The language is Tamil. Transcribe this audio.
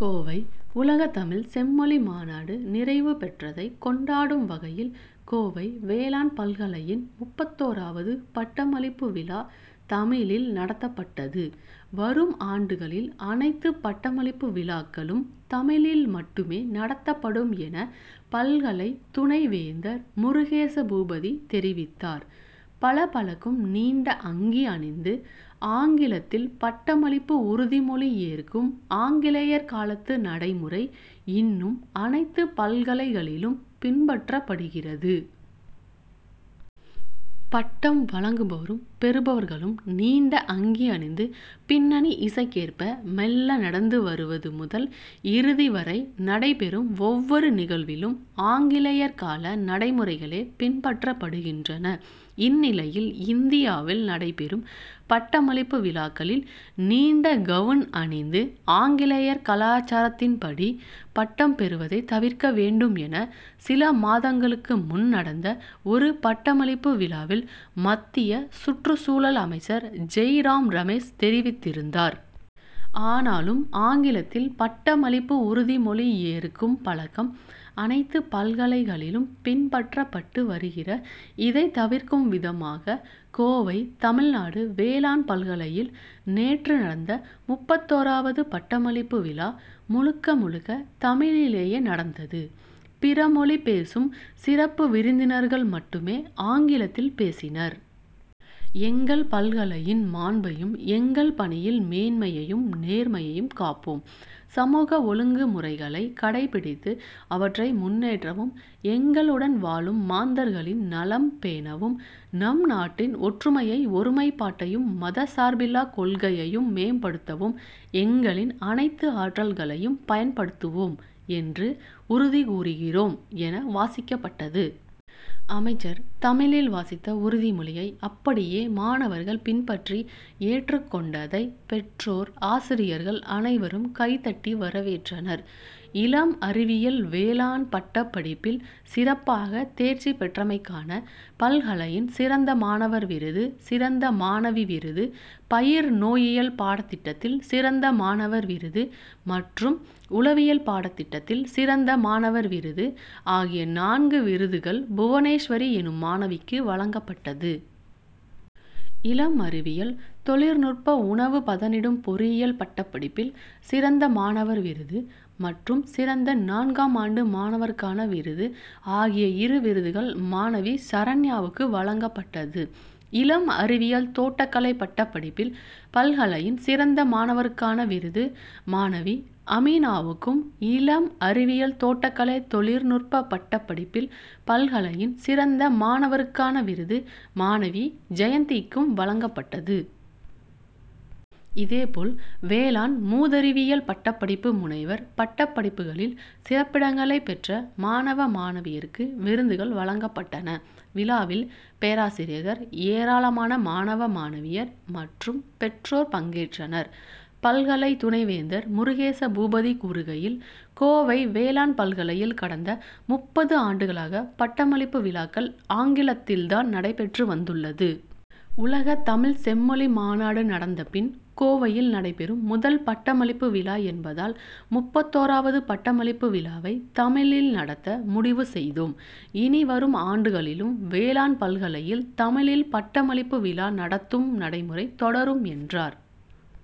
கோவை உலகத் தமிழ்ச் செம்மொழி மாநாடு நிறைவு பெற்றதை கொண்டாடும் வகையில், கோவை வேளாண் பல்கலையின் முப்பத்தோரவது பட்டமளிப்பு விழா தமிழில் நடத்தப்பட்டது. வரும் ஆண்டுகளில் அனைத்து பட்டமளிப்பு விழாக்களும் தமிழில் மட்டுமே நடத்தப்படும் என, பல்கலை துணைவேந்தர் முருகேசபூபதி தெரிவித்தார். பளபளக்கும் நீண்ட அங்கி அணிந்து ஆங்கிலத்தில் பட்டமளிப்பு உறுதிமொழி ஏற்கும் ஆங்கிலேயர் காலத்து நடைமுறை, இன்னும் அனைத்து பல்கலைகளிலும் பின்பற்றப்படுகிறது. பட்டம் வழங்குபவரும், பெறுபவர்களும் நீண்ட அங்கி அணிந்து பின்னணி இசைக்கேற்ப மெள்ள நடந்து வருவது முதல், இறுதி வரை நடைபெறும் ஒவ்வொரு நிகழ்விலும் ஆங்கிலேயர் கால நடைமுறைகளே பின்பற்றப்படுகின்றன. இந்நிலையில், இந்தியாவில் நடைபெறும் பட்டமளிப்பு விழாக்களில் நீண்ட கவுன் அணிந்து ஆங்கிலேயர் கலாச்சாரத்தின்படி பட்டம் பெறுவதை தவிர்க்க வேண்டும் என, சில மாதங்களுக்கு முன் நடந்த ஒரு பட்டமளிப்பு விழாவில் மத்திய சுற்றுச்சூழல் அமைச்சர் ஜெய்ராம்ரமேஷ் தெரிவித்திருந்தார். ஆனாலும் ஆங்கிலத்தில் பட் டமளிப்பு உறுதிமொழி ஏற் கும் பழக்கம் அனைத்து பல்கலை களிலும் பின்பற்றப்பட்டு வருகிற. இதை தவிர்க்கும் விதமாக, கோவை தமிழ்நாடு வேளாண் பல்கலையில் நேற்று நடந்த முப்பத்தோராவது பட்டமளிப்பு விழா, முழுக்க முழுக்க தமிழிலேயே நடந்தது. பிற மொழி பேசும் சிறப்பு விருந்தினர்கள் மட்டுமே ஆங்கிலத்தில் பேசினர். எங்கள் பல்கலையின் மாண்பையும், எங்கள் பணியில் மேன்மையையும், நேர்மையையும் காப்போம். சமூக ஒழுங்குமுறைகளை கடைபிடித்து அவற்றை முன்னேற்றவும், எங்கள் உடன் வாழும் மாந்தர்களின் நலம் பேணவும், நம் நாட்டின் ஒற்றுமையையும், ஒருமைப்பாட்டையும் மதசார்பில்லா கொள்கையையும் மேம்படுத்தவும், எங்களின் அனைத்து ஆற்றல்களையும் பயன்படுத்துவோம் என்றும் உறுதி கூறுகிறோம் என, வாசிக்கப்பட்டது. அமைச்சர் தமிழில் வாசித்த உறுதிமொழியை அப்படியே மாணவர்கள் பின்பற்றி ஏற்றுக் கொண்டதை பெற்றோர், ஆசிரியர்கள் அனைவரும் கைதட்டி வரவேற்றனர். இளம் அறிவியல் வேளாண் பட்டப்படிப்பில் சிறப்பாக தேர்ச்சி பெற்றமைக்கான பல்கலையின் சிறந்த மாணவர் விருது, சிறந்த மாணவி விருது, பயிர் நோயியல் பாடத் திட்டத்தில் சிறந்த மாணவர் விருது மற்றும் உழவியல் பாடத்திட்டத்தில் சிறந்த மாணவர் விருது ஆகிய நான்கு விருதுகள் புவனேஸ்வரி எனும் மாணவிக்கு வழங்கப்பட்டது. இளம் அறிவியல் தொழில் நுட்ப, உணவு பதனிடும் பொறியியல் பட்டப்படிப்பில் சிறந்த மாணவர் விருது மற்றும் சிறந்த நான்காம் ஆண்டு மாணவருக்கான விருது ஆகிய இரு விருதுகள் மாணவி சரண்யாவுக்கு வழங்கப்பட்டது. இளம் அறிவியல் தோட்டக்கலை பட்டப்படிப்பில் பல்கலையின் சிறந்த மாணவருக்கான விருது மாணவி அமீனாவுக்கும், இளம் அறிவியல் தோட்டக்கலை தொழில் நுட்பப் பட்டப் படிப்பில் பல்கலையின் சிறந்த மாணவருக்கான விருது மாணவி ஜெயந்திக்கும் வழங்கப்பட்டது. இதே போல் வேளாண் மூதறிவியல் பட்டப்படிப்பு, முனைவர் பட்டப்படிப்புகளில் சிறப்பிடங்களை பெற்ற மாணவ, மாணவியருக்கு விருதுகள் வழங்கப்பட்டன. விழாவில், பேராசிரியர்கள், ஏராளமான மாணவ, மாணவியர் மற்றும் பெற்றோர் பங்கேற்றனர். பல்கலை துணைவேந்தர் முருகேசபூபதி கூறுகையில், கோவை வேளாண் பல்கலையில் கடந்த முப்பது ஆண்டுகளாக பட்டமளிப்பு விழாக்கள் ஆங்கிலத்தில்தான் நடைபெற்று வந்துள்ளது. உலகத் தமிழ்ச் செம்மொழி மாநாடு நடந்த பின் கோவையில் நடைபெறும் முதல் பட்டமளிப்பு விழா என்பதால், முப்பத்தோராவது பட்டமளிப்பு விழாவை தமிழில் நடத்த முடிவு செய்தோம். இனி வரும் ஆண்டுகளிலும் வேளாண் பல்கலையில் தமிழில் பட்டமளிப்பு விழா நடத்தும் நடைமுறை தொடரும், என்றார்.